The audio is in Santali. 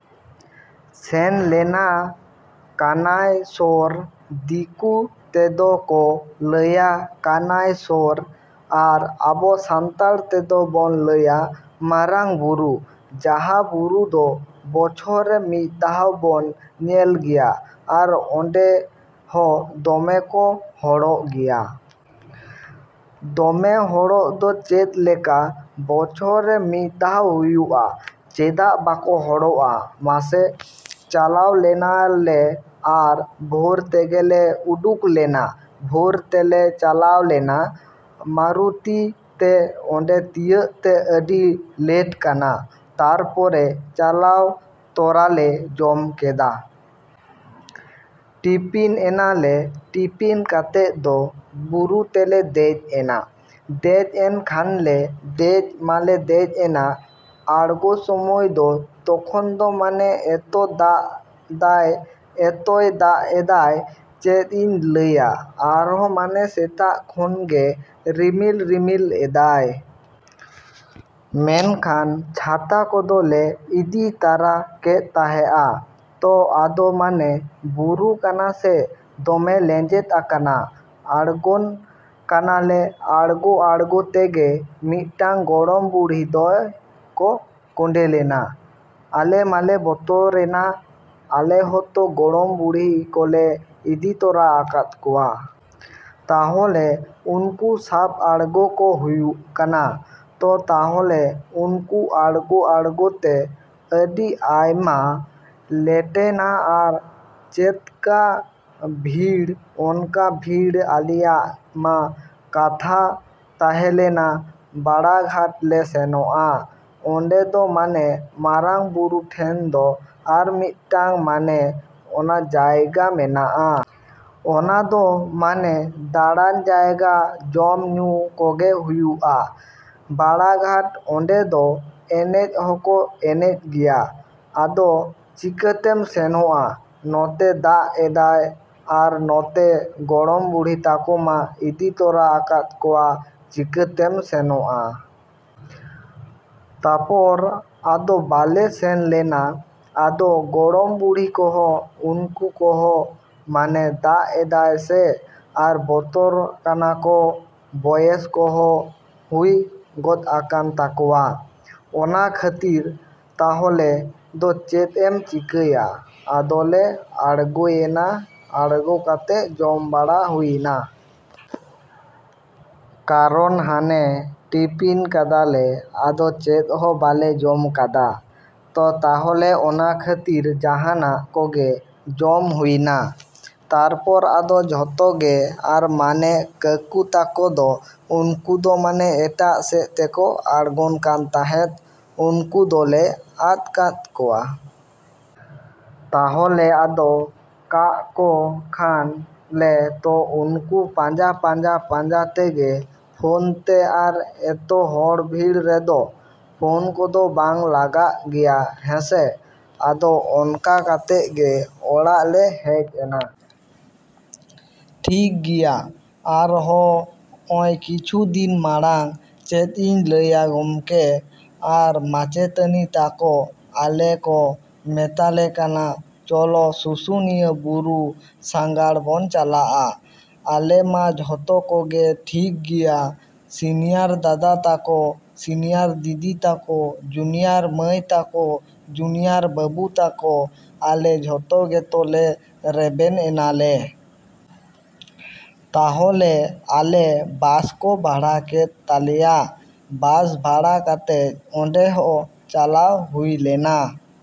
ᱥᱮᱱ ᱞᱮᱱᱟ ᱠᱟᱱᱟᱭ ᱥᱚᱨ᱾ ᱫᱤᱠᱩ ᱛᱮᱫᱚᱠᱚ ᱞᱟᱹᱭᱟ ᱠᱟᱱᱟᱭ ᱥᱚᱨ ᱟᱨ ᱟᱵᱚ ᱥᱟᱱᱛᱟᱲ ᱛᱮᱫᱚ ᱵᱚᱱ ᱞᱟᱹᱭᱟ ᱢᱟᱨᱟᱝ ᱵᱩᱨᱩ᱾ ᱡᱟᱦᱟᱸ ᱵᱩᱨᱩ ᱫᱚ ᱵᱚᱪᱷᱚᱨ ᱨᱮ ᱢᱤᱫ ᱫᱷᱟᱣ ᱵᱚᱱ ᱧᱮᱞ ᱜᱮᱭᱟ᱾ ᱟᱨ ᱚᱸᱰᱮ ᱦᱚᱸ ᱫᱚᱢᱮ ᱠᱚ ᱦᱚᱲᱚᱜ ᱜᱮᱭᱟ᱾ ᱫᱚᱢᱮ ᱦᱚᱲᱚᱜ ᱫᱚ ᱪᱮᱫ ᱞᱮᱠᱟ, ᱵᱚᱪᱷᱚᱨ ᱨᱮ ᱢᱤᱫ ᱫᱷᱟᱣ ᱦᱩᱭᱩᱜᱼᱟ, ᱪᱮᱫᱟᱜ ᱵᱟᱠᱚ ᱦᱚᱲᱚᱜᱼᱟ ᱢᱟᱥᱮ? ᱪᱟᱞᱟᱣᱞᱮᱱᱟᱞᱮ ᱟᱨ ᱵᱷᱳᱨ ᱛᱮᱜᱮᱞᱮ ᱩᱰᱩᱝ ᱞᱮᱱᱟ, ᱵᱷᱳᱨ ᱛᱮᱞᱮ ᱪᱟᱞᱟᱣ ᱞᱮᱱᱟ ᱢᱟᱨᱩᱛᱤ ᱛᱮ᱾ ᱚᱸᱰᱮ ᱛᱤᱭᱟᱹᱜ ᱛᱮ ᱟᱹᱰᱤ ᱞᱮᱴ ᱠᱟᱱᱟ᱾ᱛᱟᱨᱯᱚᱨᱮ ᱪᱟᱞᱟᱣ ᱛᱚᱨᱟᱞᱮ ᱡᱚᱢ ᱠᱮᱫᱟ᱾ ᱴᱤᱯᱷᱤᱱ ᱮᱱᱟᱞᱮ, ᱴᱤᱯᱷᱤᱱ ᱠᱟᱛᱮ ᱫᱚ ᱵᱩᱨᱩ ᱛᱮᱞᱮ ᱫᱮᱡ ᱮᱱᱟ᱾ ᱫᱮᱡ ᱮᱱ ᱠᱷᱟᱱᱞᱮ, ᱫᱮᱡ ᱢᱟᱞᱮ ᱫᱮᱡ ᱮᱱᱟ᱾ ᱟᱬᱜᱚ ᱥᱚᱢᱚᱭ ᱫᱚ ᱛᱚᱠᱷᱚᱱ ᱫᱚ ᱢᱟᱱᱮ ᱮᱛᱚ ᱫᱟᱜ ᱫᱟᱭ ᱮᱛᱚ ᱫᱟᱜ ᱮᱫᱟᱭ ᱪᱮᱫ ᱤᱧ ᱞᱟᱹᱭᱟ ᱟᱨᱦᱚᱸ ᱢᱟᱱᱮ ᱥᱮᱛᱟᱜ ᱠᱷᱚᱱᱟᱜ ᱜᱮ ᱨᱤᱢᱤᱞ ᱨᱤᱢᱤᱞ ᱮᱫᱟᱭ᱾ ᱢᱮᱱᱠᱷᱟᱱ ᱪᱷᱟᱛᱟ ᱠᱚᱫᱚᱞᱮ ᱤᱫᱤ ᱛᱟᱨᱟ ᱞᱮᱫ ᱛᱟᱦᱮᱸᱜᱼᱟ᱾ ᱛᱚ ᱟᱫᱚ ᱢᱟᱱᱮ ᱵᱩᱨᱩ ᱠᱟᱱᱟ ᱥᱮ ᱫᱚᱢᱮ ᱞᱮᱸᱡᱮᱫ ᱟᱠᱟᱱᱟ᱾ ᱟᱬᱜᱚᱱ ᱠᱟᱱᱟᱞᱮ, ᱟᱬᱜᱚ ᱟᱬᱜᱚ ᱛᱮᱜᱮ ᱢᱤᱫᱴᱟᱝ ᱜᱚᱲᱚᱢ ᱵᱩᱲᱦᱤ ᱫᱚᱭ ᱠᱚᱸᱰᱮᱞᱮᱱᱟ᱾ ᱟᱞᱮᱢᱟᱞᱮ ᱵᱚᱛᱚᱨᱮᱱᱟ᱾ ᱟᱞᱮ ᱦᱚᱸᱛᱚ ᱜᱚᱲᱚᱢ ᱵᱩᱲᱦᱤ ᱠᱚᱞᱮ ᱤᱫᱤ ᱛᱚᱨᱟ ᱟᱠᱟᱫ ᱠᱚᱣᱟ᱾ ᱛᱟᱦᱚᱞᱮ ᱩᱱᱠᱩ ᱥᱟᱵ ᱟᱬᱜᱚ ᱠᱚ ᱦᱩᱭᱩᱜ ᱠᱟᱱᱟ᱾ ᱛᱚ, ᱛᱟᱦᱚᱞᱮ ᱩᱱᱠᱩ ᱟᱬᱜᱚ ᱟᱬᱜᱚ ᱛᱮ ᱟᱹᱰᱤ ᱟᱭᱢᱟ ᱞᱮᱴᱮᱱᱟ᱾ ᱟᱨ ᱪᱮᱫᱠᱟ ᱵᱷᱤᱲ, ᱚᱱᱠᱟ ᱵᱷᱤᱲ ᱟᱞᱮᱭᱟᱜ ᱢᱟ ᱠᱟᱛᱷᱟ ᱛᱟᱦᱮᱞᱮᱱᱟ ᱵᱟᱲᱟ ᱜᱷᱟᱴ ᱞᱮ ᱥᱮᱱᱚᱜᱼᱟ᱾ ᱚᱸᱰᱮ ᱫᱚ ᱢᱟᱱᱮ ᱢᱟᱨᱟᱝ ᱵᱩᱨᱩ ᱴᱷᱮᱱ ᱫᱚ ᱟᱨ ᱢᱤᱫᱴᱟᱝ ᱢᱟᱱᱮ ᱚᱱᱟ ᱡᱟᱭᱜᱟ ᱢᱮᱱᱟᱜᱼᱟ᱾ ᱚᱱᱟ ᱫᱚ ᱢᱟᱱᱮ ᱫᱟᱬᱟᱱ ᱡᱟᱭᱜᱟ, ᱡᱚᱢ, ᱧᱩ ᱠᱚᱜᱮ ᱦᱩᱭᱩᱜᱼᱟ᱾ ᱵᱟᱲᱟᱜᱷᱟᱴ ᱚᱸᱰᱮ ᱫᱚ ᱮᱱᱮᱡ ᱦᱚᱸᱠᱚ ᱮᱱᱮᱡ ᱜᱮᱭᱟ᱾ ᱟᱫᱚ ᱪᱤᱠᱟᱛᱮᱢ ᱥᱮᱱᱚᱜᱼᱟ, ᱱᱚᱛᱮ ᱫᱟᱜ ᱮᱫᱟᱭ, ᱟᱨ ᱱᱚᱛᱮ ᱜᱚᱲᱚᱢ ᱵᱩᱲᱦᱤ ᱛᱟᱠᱚᱢᱟ ᱤᱫᱤ ᱛᱚᱨᱟ ᱟᱠᱟᱫ ᱠᱚᱣᱟ ᱪᱤᱠᱟᱹᱛᱮᱢ ᱥᱮᱱᱚᱜᱼᱟ? ᱛᱟᱯᱚᱨ ᱟᱫᱚ ᱵᱟᱞᱮ ᱥᱮᱱᱞᱮᱱᱟ᱾ ᱟᱫᱚ ᱜᱚᱲᱚᱢ ᱵᱩᱲᱦᱤ ᱠᱚᱦᱚᱸ ᱩᱱᱠᱩ ᱦᱚᱸᱠᱚ ᱢᱟᱱᱮ ᱫᱟᱜ ᱮᱫᱟᱭ ᱥᱮ ᱟᱨ ᱵᱚᱛᱚᱨᱟᱠᱟᱱᱟᱠᱚ, ᱵᱚᱭᱮᱥ ᱠᱚᱦᱚᱸ ᱦᱩᱭ ᱜᱚᱫ ᱟᱠᱟᱱ ᱛᱟᱠᱚᱣᱟ᱾ ᱚᱱᱟ ᱠᱷᱟᱹᱛᱤᱨ ᱛᱟᱦᱚᱞᱮ ᱫᱚ ᱪᱮᱫ ᱮᱢ ᱪᱤᱠᱟᱹᱭᱟ ᱟᱫᱚᱞᱮ ᱟᱬᱜᱚᱭᱮᱱᱟ᱾ ᱟᱬᱜᱚ ᱠᱟᱛᱮ ᱡᱚᱢ ᱵᱟᱲᱟ ᱦᱩᱭᱮᱱᱟ᱾ ᱠᱟᱨᱚᱱ ᱦᱟᱱᱮ ᱴᱤᱯᱷᱤᱱ ᱠᱟᱫᱟᱞᱮ ᱟᱫᱚ ᱪᱮᱫ ᱦᱚᱸ ᱵᱟᱞᱮ ᱡᱚᱢ ᱠᱟᱫᱟ᱾ ᱛᱚ, ᱛᱟᱦᱚᱞᱮ ᱚᱱᱟ ᱠᱷᱟᱹᱛᱤᱨ ᱡᱟᱦᱟᱱᱟᱜ ᱠᱚᱜᱮ ᱡᱚᱢ ᱦᱩᱭᱮᱱᱟ᱾ ᱛᱟᱨᱯᱚᱨ ᱟᱫᱚ ᱡᱚᱛᱚ ᱜᱮ ᱟᱨ ᱢᱟᱱᱮ ᱠᱟᱠᱩ ᱛᱟᱠᱚ ᱫᱚ ᱩᱱᱠᱩ ᱫᱚ ᱢᱟᱱᱮ ᱮᱴᱟᱜ ᱥᱮᱫ ᱛᱮᱠᱚ ᱟᱬᱜᱚᱱ ᱠᱟᱱ ᱛᱟᱸᱦᱮᱫ ᱩᱱᱠᱩ ᱫᱚᱞᱮ ᱟᱫ ᱠᱟᱫ ᱠᱚᱣᱟ᱾ ᱛᱟᱦᱚᱞᱮ ᱟᱫ ᱠᱟᱜ ᱠᱚ ᱠᱷᱟᱱ ᱞᱮ, ᱛᱚ, ᱩᱱᱠᱩ ᱯᱟᱸᱡᱟ, ᱯᱟᱸᱡᱟ, ᱯᱟᱸᱡᱟ ᱛᱮᱜᱮ ᱯᱷᱳᱱ ᱛᱮ, ᱟᱨ ᱮᱛᱚ ᱦᱚᱲ ᱵᱷᱤᱲ ᱨᱮᱫᱚ ᱯᱷᱳᱱ ᱠᱚᱫᱚ ᱵᱟᱝ ᱞᱟᱜᱟᱜ ᱜᱮᱭᱟ ᱦᱮᱸᱥᱮ᱾ ᱟᱫᱚ ᱚᱱᱠᱟ ᱠᱟᱛᱮ ᱜᱮ ᱚᱲᱟᱜ ᱞᱮ ᱦᱮᱡ ᱮᱱᱟ᱾ ᱴᱷᱤᱠ ᱜᱮᱭᱟ᱾ ᱟᱨ ᱦᱚᱸᱜ ᱚᱭ ᱠᱤᱪᱷᱩ ᱫᱤᱱ ᱢᱟᱲᱟᱝ ᱪᱮᱫ ᱤᱧ ᱞᱟᱹᱭᱟ ᱜᱚᱢᱠᱮ ᱟᱨ ᱢᱟᱪᱮᱛᱟᱹᱱᱤ ᱛᱟᱠᱚ ᱟᱞᱮ ᱠᱚ ᱢᱮᱛᱟᱞᱮ ᱠᱟᱱᱟ ᱪᱚᱞᱚ ᱥᱩᱥᱩᱱᱤᱭᱟᱹ ᱵᱩᱨᱩ ᱥᱟᱸᱜᱷᱟᱨ ᱵᱚᱱ ᱪᱟᱞᱟᱜᱼᱟ᱾ ᱟᱞᱮ ᱢᱟ ᱡᱚᱛᱚ ᱠᱚᱞᱮ ᱴᱷᱤᱠᱜᱮᱭᱟ ᱥᱤᱱᱤᱭᱟᱨ ᱫᱟᱫᱟ ᱛᱟᱠᱚ, ᱥᱤᱱᱤᱭᱟᱨ ᱫᱤᱫᱤ ᱛᱟᱠᱚ, ᱡᱩᱱᱤᱭᱟᱨ ᱢᱟᱹᱭ ᱛᱟᱠᱚ, ᱡᱩᱱᱤᱭᱟᱨ ᱵᱟᱹᱵᱩ ᱛᱟᱠᱚ ᱟᱞᱮ ᱡᱷᱚᱛᱚ ᱜᱮᱛᱚ ᱞᱮ ᱨᱮᱵᱮᱱ ᱮᱱᱟᱞᱮ᱾ ᱛᱟᱦᱚᱞᱮ ᱟᱞᱮ ᱵᱟᱥ ᱠᱚ ᱵᱷᱟᱲᱟ ᱠᱮᱫ ᱛᱟᱞᱮᱭᱟ᱾ ᱵᱟᱥ ᱵᱷᱟᱲᱟ ᱠᱟᱛᱮ ᱚᱸᱰᱮ ᱦᱚᱸ ᱪᱟᱞᱟᱣ ᱦᱩᱭᱞᱮᱱᱟ